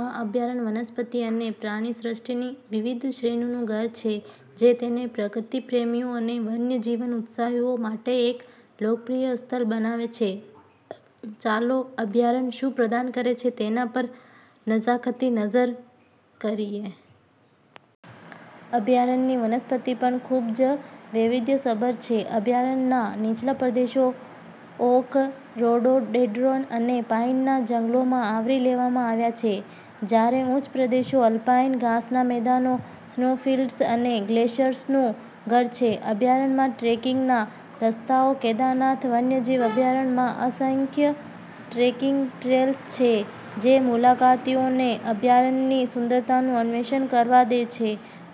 આ અભયારણ્ય વનસ્પતિ અને પ્રાણીસૃષ્ટિની વિવિધ શ્રેણીનું ઘર છે જે તેને પ્રકૃતિ પ્રેમીઓ અને વન્યજીવન ઉત્સાહીઓ માટે એક લોકપ્રિય સ્થળ બનાવે છે. ચાલો અભયારણ્ય શું પ્રદાન કરે છે તેના પર નજીકથી નજર કરીએ. અભયારણ્યની વનસ્પતિ પણ ખૂબ જ વૈવિધ્યસભર છે. અભયારણ્યના નીચલા પ્રદેશો ઓક, રોડોડેન્ડ્રોન અને પાઈનના જંગલોમાં આવરી લેવામાં આવ્યા છે, જ્યારે ઉચ્ચ પ્રદેશો આલ્પાઈન ઘાસના મેદાનો, સ્નોફિલ્ડ્સ અને ગ્લેશિયર્સનું ઘર છે. અભયારણ્યમાં ટ્રેકિંગના રસ્તાઓ કેદારનાથ વન્યજીવ અભયારણ્યમાં અસંખ્ય ટ્રેકિંગ ટ્રેલ્સ છે જે મુલાકાતીઓને અભયારણ્યની સુંદરતાનું અન્વેષણ કરવા દે છે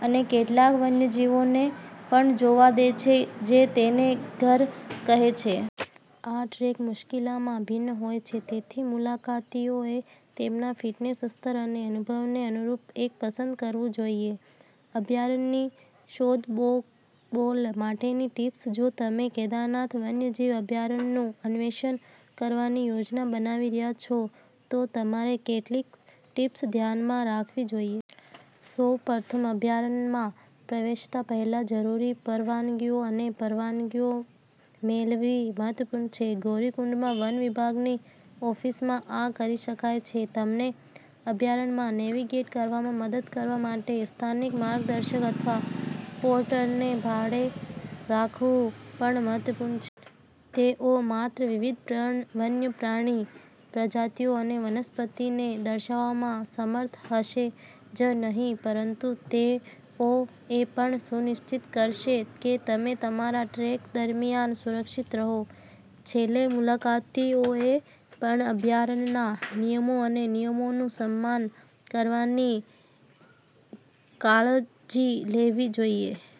અને કેટલાક વન્યજીવોને પણ જોવા દે છે જે તેને ઘર કહે છે. આ ટ્રેક મુશ્કેલીમાં ભિન્ન હોય છે, તેથી મુલાકાતીઓએ તેમના ફિટનેસ સ્તર અને અનુભવને અનુરૂપ એક પસંદ કરવું જોઈએ. અભયારણ્યની શોધખોળ માટેની ટિપ્સ જો તમે કેદારનાથ વન્યજીવ અભયારણ્યનું અન્વેષણ કરવાની યોજના બનાવી રહ્યા છો, તો તમારે કેટલીક ટીપ્સ ધ્યાનમાં રાખવી જોઈએ. સૌપ્રથમ, અભયારણ્યમાં પ્રવેશતા પહેલા જરૂરી પરવાનગીઓ અને પરવાનગીઓ મેળવવી મહત્વપૂર્ણ છે. ગૌરીકુંડમાં વન વિભાગની ઓફિસમાં આ કરી શકાય છે. તમને અભયારણ્યમાં નેવિગેટ કરવામાં મદદ કરવા માટે સ્થાનિક માર્ગદર્શક અથવા પોર્ટરને ભાડે રાખવું પણ મહત્વપૂર્ણ છે. તેઓ માત્ર વિવિધ વન્યપ્રાણી પ્રજાતિઓ અને વનસ્પતિને દર્શાવવામાં સમર્થ હશે જ નહીં, પરંતુ તેઓ એ પણ સુનિશ્ચિત કરશે કે તમે તમારા ટ્રેક દરમિયાન સુરક્ષિત રહો. છેલ્લે, મુલાકાતીઓએ પણ અભયારણ્યના નિયમો અને નિયમોનું સન્માન કરવાની કાળજી લેવી જોઈએ.